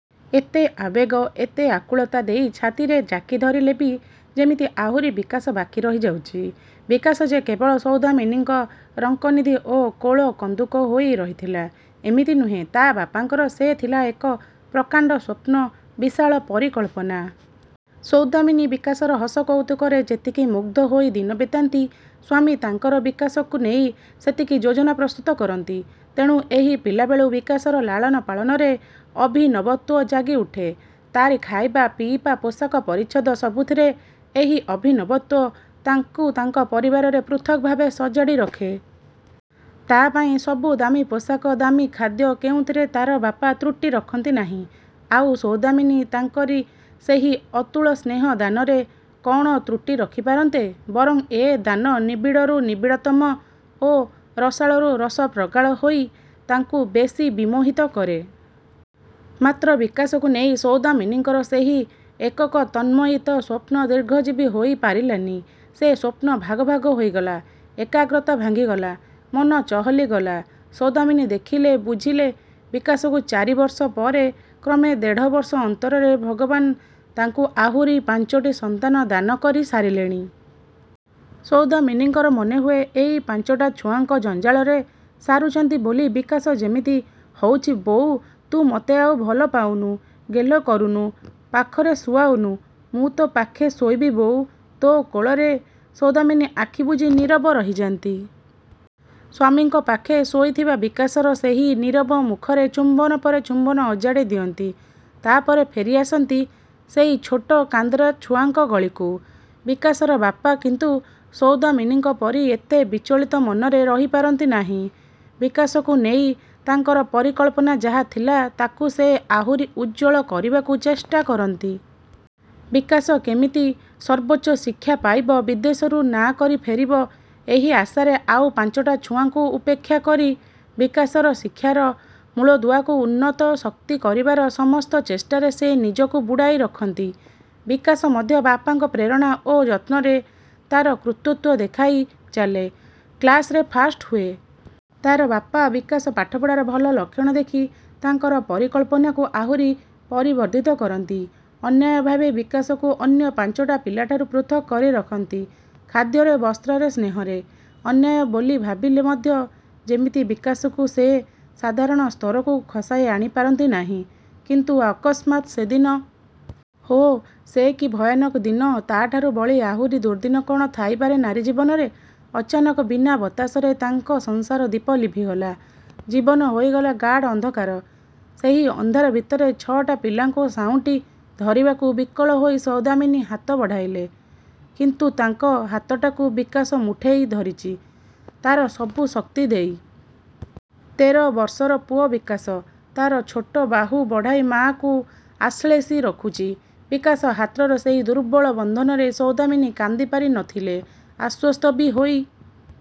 ଏତେ ଆବେଗ, ଏତେ ଆକୁଳତା ଦେଇ ଛାତିରେ ଜାକି ଧରିଲେ ବି ଯେମିତି ଆହୁରି ବିକାଶ ବାକି ରହି ଯାଉଛି। ବିକାଶ ଯେ କେବଳ ସୌଦାମିନୀଙ୍କ ରଙ୍କନିଧି ଓ କୋଳ କନ୍ଦୁକ ହୋଇ ରହିଥିଲା, ଏମିତି ନୁହେଁ, ତା ବାପାଙ୍କର ସେ ଥିଲା ଏକ ପ୍ରକାଣ୍ଡ ସ୍ୱପ୍ନ, ବିଶାଳ ପରିକଳ୍ପନା। ସୌଦାମିନୀ ବିକାଶର ହସ କୌତୁକରେ ଯେତିକି ମୁଗ୍ଧ ହୋଇ ଦିନ ବିତାନ୍ତି, ସ୍ୱାମୀ ତାଙ୍କର ବିକାଶକୁ ନେଇ ସେତିକି ଯୋଜନା ପ୍ରସ୍ତୁତ କରନ୍ତି। ତେଣୁ ଏହି ପିଲାବେଳୁ ବିକାଶର ଲାଳନପାଳନରେ ଅଭିନବତ୍ଵ ଜାଗି ଉଠେ। ତାରି ଖାଇବା, ପିଇବା, ପୋଷାକ, ପରିଚ୍ଛଦ ସବୁଥିରେ ଏହି ଅଭିନବତ୍ଵ ତାଙ୍କୁ ତାଙ୍କ ପରିବାରରେ ପୃଥକ ଭାବେ ସଜାଡ଼ି ରଖେ। ତା ପାଇଁ ସବୁ ଦାମୀ ପୋଷାକ, ଦାମୀ ଖାଦ୍ୟ କେଉଁଥିରେ ତାର ବାପା ତ୍ରୁଟି ରଖନ୍ତି ନାହିଁ। ଆଉ ସୌଦାମିନୀ, ତାଙ୍କରି ସେହି ଅତୁଳ ସ୍ନେହ ଦାନରେ କଣ ତ୍ରୁଟି ରଖି ପାରନ୍ତେ? ବରଂ ଏ ଦାନ ନିବିଡ଼ରୁ ନିବିଡ଼ ତମ ଓ ରସାଳରୁ ରସ ପ୍ରଗାଢ଼ ହୋଇ ତାଙ୍କୁ ବେଶୀ ବିମୋହିତ କରେ। ମାତ୍ର ବିକାଶକୁ ନେଇ ସୌଦାମିନୀଙ୍କର ସେହି ଏକକ ତନ୍ମୟିତ ସ୍ୱପ୍ନ ଦୀର୍ଘଜୀବୀ ହୋଇ ପାରିଲାନି। ସେ ସ୍ୱପ୍ନ ଭାଗ ଭାଗ ହୋଇଗଲା, ଏକାଗ୍ରତା ଭାଙ୍ଗିଗଲା। ମନ ଚହଲି ଗଲା । ସୌଦାମିନୀ ଦେଖିଲେ, ବୁଝିଲେ, ବିକାଶକୁ ଚାରି ବର୍ଷ ପରେ କ୍ରମେ ଦେଢ଼ ବର୍ଷ ଅନ୍ତରରେ ଭଗବାନ ତାଙ୍କୁ ଆହୁରି ପାଞ୍ଚଟି ସନ୍ତାନ ଦାନ କରି ସାରିଲେଣି। ସୌଦାମିନୀଙ୍କର ମନେହୁଏ, ଏଇ ପାଞ୍ଚଟା ଛୁଆଙ୍କ ଜଞ୍ଜାଳରେ ସାରୁଚନ୍ତି ବୋଲି ବିକାଶ ଯେମିତି ହୋଉଚି ବୋଉ, ତୁ ମତେ ଆଉ ଭଲ ପାଉନୁ, ଗେଲ କରୁନୁ, ପାଖରେ ଶୁଆଉନୁ । ମୁଁ ତୋ ପାଖେ ଶୋଇବି ବୋଉ, ତୋ କୋଳରେ। ସୌଦାମିନୀ ଆଖି ବୁଜି ନୀରବ ରହିଯାନ୍ତି। ସ୍ଵାମୀଙ୍କ ପାଖେ ଶୋଇଥିବା ବିକାଶର ସେହି ନୀରବ ମୁଖରେ ଚୁମ୍ବନ ପରେ ଚୁମ୍ବନ ଅଜାଡ଼ି ଦିଅନ୍ତି। ତାପରେ ଫେରି ଆସନ୍ତି ସେଇ ଛୋଟ ଛୋଟ କାନ୍ଦରା ଛୁଆଙ୍କ ଗହଳିକୁ। ବିକାଶର ବାପା କିନ୍ତୁ ସୌଦାମିନୀଙ୍କ ପରି ଏତେ ବିଚଳିତ ମନରେ ରହିପାରନ୍ତି ନାହିଁ। ବିକାଶକୁ ନେଇ ତାଙ୍କର ପରିକଳ୍ପନା ଯାହା ଥିଲା ତାକୁ ସେ ଆହୁରି ଉଜ୍ଜ୍ୱଳ କରିବାକୁ ଚେଷ୍ଟା କରନ୍ତି। ବିକାଶ କେମିତି ସର୍ବୋଚ୍ଚ ଶିକ୍ଷା ପାଇବ, ବିଦେଶରୁ ନାଁ କରି ଫେରିବ, ଏହି ଆଶାରେ ଆଉ ପାଞ୍ଚଟା ଛୁଆଙ୍କୁ ଉପେକ୍ଷା କରି, ବିକାଶର ଶିକ୍ଷାର ମୂଳଦୁଆକୁ ଉନ୍ନତ, ଶକ୍ତି କରିବାର ସମସ୍ତ ଚେଷ୍ଠାରେ ସେ ନିଜକୁ ବୁଡ଼ାଇ ରଖନ୍ତି। ବିକାଶ ମଧ୍ୟ ବାପାଙ୍କ ପ୍ରେରଣା ଓ ଯତ୍ନରେ ତାର କୃତିତ୍ୱ ଦେଖାଇ ଚାଲେ, କ୍ଲାସରେ ଫାଷ୍ଟ ହୁଏ। ତାର ବାପା, ବିକାଶ ପାଠପଢ଼ାର ଭଲ ଲକ୍ଷଣ ଦେଖି ତାଙ୍କର ପରିକଳ୍ପନାକୁ ଆହୁରି ପରିବର୍ଦ୍ଧିତ କରନ୍ତି। ଅନ୍ୟାୟ ଭାବେ ବିକାଶକୁ ଅନ୍ୟ ପାଞ୍ଚଟା ପିଲାଠାରୁ ପୃଥକ କରି ରଖନ୍ତି, ଖାଦ୍ୟରେ, ବସ୍ତ୍ରରେ, ସ୍ନେହରେ। ଅନ୍ୟାୟ ବୋଲି ଭାବିଲେ ମଧ୍ୟ ଯେମିତି ବିକାଶକୁ ସେ ସାଧାରଣ ସ୍ତରକୁ ଖସାଇ ଆଣି ପାରନ୍ତି ନାହିଁ କିନ୍ତୁ ଅକସ୍ମାତ ସେଦିନ। ଓଃ, ସେ କି ଭୟାନକ ଦିନ ତାଠାରୁ ବଳି ଆହୁରି ଦୁର୍ଦ୍ଦିନ କଣ ଥାଇପାରେ ନାରୀ ଜୀବନରେ? ଅଚାନକ ବିନା ବତାସରେ ତାଙ୍କ ସଂସାରଦୀପ ଲିଭିଗଲା । ଜୀବନ ହୋଇଗଲା ଗାଢ଼ ଅନ୍ଧକାର। ସେହି ଅନ୍ଧାର ଭିତରେ ଛ ଟା ପିଲାଙ୍କୁ ସାଉଁଟି ଧରିବାକୁ ବିକଳ ହୋଇ ସୌଦାମିନୀ ହାତ ବଢ଼ାଇଲେ କିନ୍ତୁ ତାଙ୍କ ହାତଟାକୁ ବିକାଶ ମୁଠେଇ ଧରିଚି, ତାର ସବୁ ଶକ୍ତି ଦେଇ। ତେର ବର୍ଷର ପୁଅ ବିକାଶ। ତାର ଛୋଟ ବାହୁ ବଢ଼ାଇ ମାଆକୁ ଆଶ୍ଳେଷି ରଖୁଛି। ବିକାଶ ହାତର ସେହି ଦୁର୍ବଳ ବନ୍ଧନରେ ସୌଦାମିନୀ କାନ୍ଦିପାରି ନ ଥିଲେ। ଆଶ୍ଵସ୍ତ ବି ହୋଇ